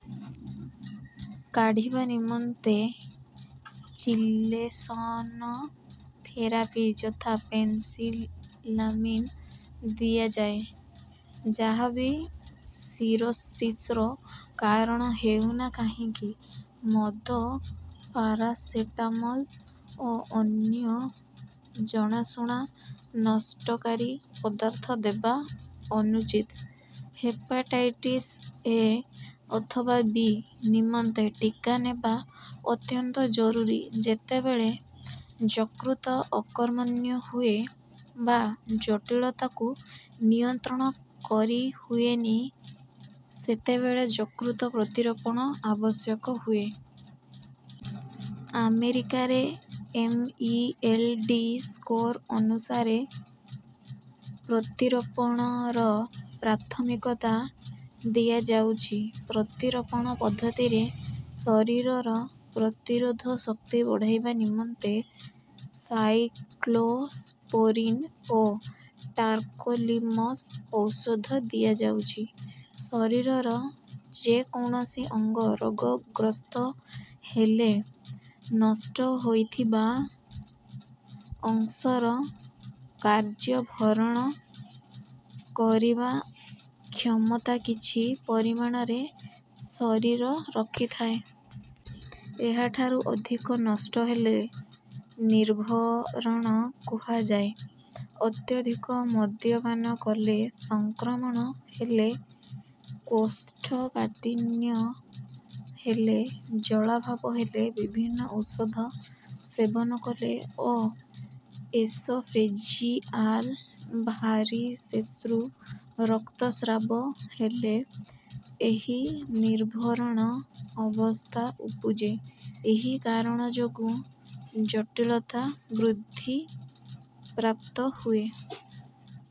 କାଢିବା ନିମନ୍ତେ chelation therapy ଯଥା penicillamine ଦିଆଯାଏ। ଯାହା ବି ସିରୋସିସ୍ର କାରଣ ହେଉ ନା କାହିଁକି ମଦ ପାରାସେଟାମଲ୍ ଓ ଅନ୍ୟ ଜଣାଶୁଣା ନଷ୍ଟକାରୀ ପଦାର୍ଥ ଦେବା ଅନୁଚିତ। ହେପାଟାଇଟିସ୍ ଏ ଅଥବା ବି ନିମନ୍ତେ ଟୀକା ନେବା ଅତ୍ୟନ୍ତ ଜରୁରୀ। ଯେତେବେଳେ ଯକୃତ ଅକର୍ମନ୍ୟ ହୁଏ ବା ଜଟୀଳତାକୁ ନିୟନ୍ତ୍ରଣ କରି ହୁଏନି ସେତେବେଳେ ଯକୃତ ପ୍ରତିରୋପଣ ଆବଶ୍ୟକ ହୁଏ। ଆମେରିକାରେ M. E. L. D. Score ଅନୁସାରେ ପ୍ରତିରୋପଣର ପ୍ରାଥମିକତା ଦିଆଯାଉଛି। ପ୍ରତିରୋପଣ ପଦ୍ଧତିରେ ଶରୀରର ପ୍ରତିରୋଧ ଶକ୍ତି ବଢେଇବା ନିମନ୍ତେ ସାଇକ୍ଲୋସ୍ପୋରିନ୍ ଓ ଟାର୍କୋଲିମସ ଔଷଧ ଦିଆଯାଉଛି। ଶରୀରର ଯେ କୌଣସି ଅଙ୍ଗ ରୋଗଗ୍ରସ୍ତ ହେଲେ ନଷ୍ଟ ହୋଇଥିବା ଅଂଶର କାର୍ଯ୍ୟ ଭରଣ କରିବା କ୍ଷମତା କିଛି ପରିମାଣରେ ଶରୀର ରଖିଥାଏ। ଏହାଠାରୁ ଅଧିକ ନଷ୍ଟ ହେଲେ ନିର୍ଭରଣ କୁହାଯାଏ। ଅତ୍ୟଧିକ ମଦ୍ୟପାନ କଲେ ସଂକ୍ରମଣ ହେଲେ କୋଷ୍ଠକାଠିନ୍ୟ ହେଲେ ଜଳାଭାବ ହେଲେ ବିଭିନ୍ନ ଔଷଧ ସେବନ କଲେ ଓ ଏସୋଫେଜିଆଲ୍ ଭାରିସେସ୍ରୁ ରକ୍ତସ୍ରାବ ହେଲେ ଏହି ନିର୍ଭରଣ ଅବସ୍ଥା ଉପୁଜେ। ଏହି କାରଣ ଯୋଗୁ ଜଟୀଳତା ବୃଦ୍ଧି ପ୍ରାପ୍ତ ହୁଏ।